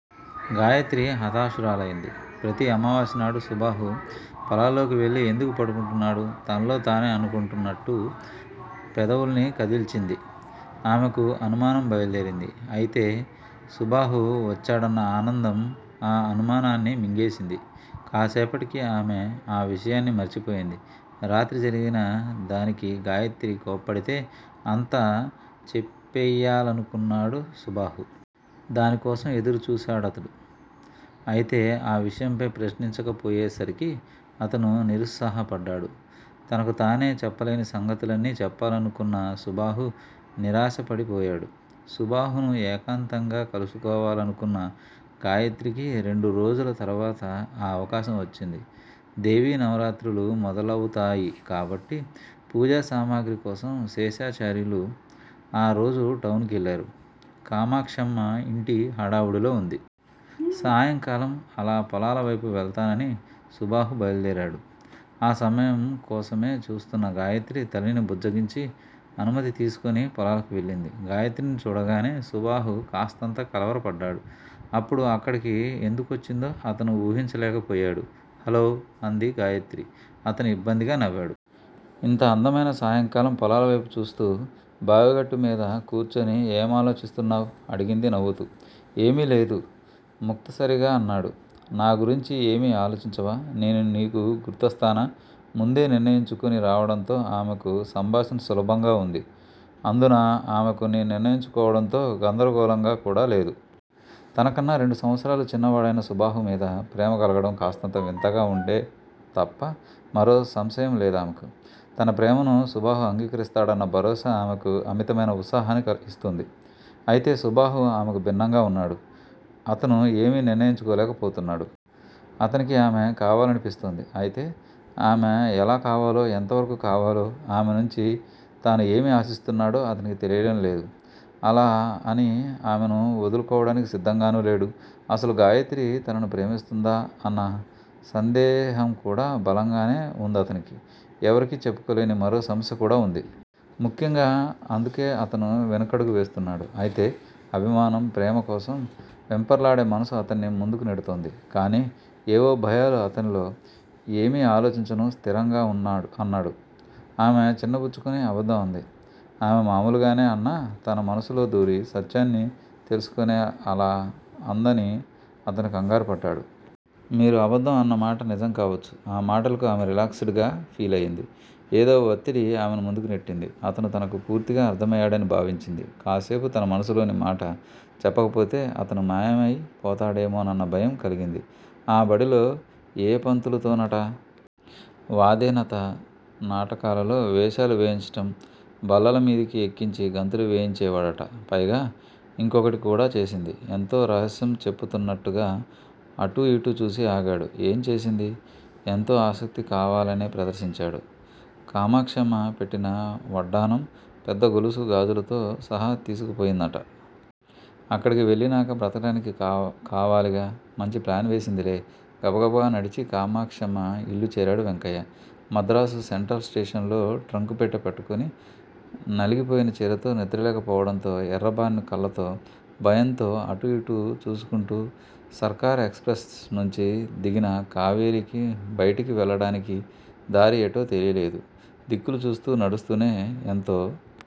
గాయత్రి హతాశురాలైంది. ప్రతి అమావాస్య నాడు సుబాహు పొలాల్లోకి వెళ్ళి ఎందుకు పడుకుంటున్నాడు? తనలో తనే అనుకుంటున్నట్టు పెదవుల్ని కదిల్చింది. ఆమెకు అనుమానం బయల్దేరింది. అయితే సుబాహు వచ్చాడన్న ఆనందం ఆ అనుమానాన్ని మింగేసింది. కాసేపటికి ఆమె ఆ విషయాన్ని మరిచిపోయింది. రాత్రి జరిగిన దానికి గాయత్రి కోప్పడితే అంతా చెప్పెయ్యాలనుకున్నాడు సుబాహు. దాని కోసం ఎదురు చూశాడతను. అయితే ఆ విషయంపై ప్రశ్నించకపోయేసరికి అతను నిరుత్సాహపడ్డాడు. తనకు తనే చెప్పలేని సంగతులన్నీ చెప్పాలనుకున్న సుబాహు నిరాశపడి పోయాడు. సుబాహును ఏకాంతంగా కలుసుకోవాలనుకున్న గాయత్రికి రెండు రోజుల తరువాత ఆ అవకాశం వచ్చింది. దేవీ నవరాత్రులు మొదలవుతాయి కాబట్టి పూజా సామగ్రికోసం శేషాచార్యులు ఆ రోజు టౌన్ కెళ్ళారు, కామాక్షమ్మ ఇంటి హడావుడిలో వుంది. సాయంకాలం అలా పొలాలవైపు వెళతానని సుబాహు బయల్దేరాడు. ఆ సమయం కోసమే చూస్తున్న గాయత్రి తల్లిని బుజ్జగించి, అనుమతి తీసుకుని పొలాలకు వెళ్ళింది. గాయత్రిని చూడగానే సుబాహు కాస్తంత కలవరపడ్డాడు. అప్పుడు అక్కడికి ఎందుకొచ్చిందో అతను వూహించలేకపోయాడు. హలో! అంది గాయత్రి. అతను ఇబ్బందిగా నవ్వాడు. ఇంత అందమైన సాయంకాలం పొలాలవైపు చూస్తూ బావిగట్టుమీద కూర్చుని ఏమాలోచిస్తున్నావ్? అడిగింది నవ్వుతూ. ఏమీ లేదు ముక్తసరిగా అన్నాడు. నా గురించి ఏమీ ఆలోచించవా? నేను నీకు గుర్తొస్తానా? ముందే నిర్ణయించుకుని రావడంతో ఆమెకు సంభాషణ సులభంగా వుంది అందునా ఆమె కొన్ని నిర్ణయించుకోవడంతో గందరగోళంగా కూడా లేదు. తనకన్నా రెండు సంవత్సరాలు చిన్న వాడైనా సుబాహు మీద ప్రేమ కలగడం కాస్తంత వింతగా ఉందే తప్ప మరో సంశయం లేదామెకు. తన ప్రేమను సుబాహు అంగీకరిస్తాడన్న భరోసా ఆమెకు అమితమైన ఉత్సాహాన్ని ఇస్తోంది. అయితే సుబాహు ఆమెకు భిన్నంగా వున్నాడు. అతను ఏమీ నిర్ణయించుకోలేక పోతున్నాడు. అతనికి ఆమె కావాలనిపిస్తోంది. అయితే ఆమె ఎలా కావాలో, ఎంతవరకు కావాలో, ఆమె నుంచి తను ఏమి ఆశిస్తున్నాడో అతనికి తెలియడం లేదు. అలా అని ఆమెను ఒదులుకోవడానికి సిద్ధంగానూ లేడు. అసలు గాయత్రి తనను ప్రేమిస్తోందా అన్న సందేహం కూడా బలంగానే వుందతనికి. ఎవరికీ చెప్పుకోలేని మరో సమస్య కూడా వుంది. ముఖ్యంగా అందుకే అతను వెనకడుగు వేస్తున్నాడు. అయితే అభిమానం, ప్రేమ కోసం వెంపర్లాడే మనసు అతన్ని ముందుకు నెడుతోంది. కానీ ఏవో భయాలు అతనిలో. ఏమీ ఆలోచించను స్థిరంగా అన్నాడు. ఆమె చిన్న బుచ్చుకుని అబద్ధం అంది. ఆమె మామూలుగానే అన్నా తన మనసులో దూరి, సత్యాన్ని తెలుసుకునే అలా అందని అతను కంగారు పడ్డాడు. మీరు అబద్ధం అన్నమాట నిజం కావచ్చు ఆ మాటలకు ఆమె రిలాక్స్ డ్ గా ఫీలయ్యింది. ఏదో వత్తిడి ఆమెను ముందుకు నెట్టింది. అతను తనకు పూర్తిగా అర్థమయ్యాడని భావించింది. కాసేపు తన మనసులోని మాట చెప్పకపోతే అతను మాయమై పోతాడేమోనన్న భయం కలిగింది. ఆ బడిలో ఏ పంతులుతోనట? వాదేనత నాటకాలలో వేషాలు వేయించటం బల్లల మీదకి ఎక్కించి గంతులు వేయించేవాడట! పైగా యింకోకటి కూడా చేసింది! ఎంతో రహస్యం చెప్పుతున్నట్టుగా అటూ యిటూ చూసి ఆగాడు. ఏం చేసింది? ఎంతో ఆసక్తి కావాలనే ప్రదర్శించాడు. కామాక్షమ్మ పెట్టిన వడ్డాణం, పెద్ద గొలుసు గాజులుతో సహా తీసుకుపోయిందట! అక్కడికి వెళ్ళినాక బ్రతకటానికి కావాలిగా! మంచి ప్లాన్ వేసిందిలే! గబగబా నడిచి కామాక్షమ్మ యిల్లు చేరాడు వెంకయ్య! మద్రాసు సెంట్రల్ స్టేషన్ లో ట్రంకుపెట్టె పట్టుకుని నలిగిపోయిన చీరతో నిద్రలేక పోవటంతో ఎర్రబారిన కళ్ళతో భయంతో అటూ యిటూ చూసుకుంటూ సర్కార్ ఎక్స్ ప్రెస్ నుంచి దిగిన కావేరికి బైటికి వెళ్ళటానికి దారి ఎటో తెలియలేదు. దిక్కులు చూస్తూ నడుస్తూనే ఎంతో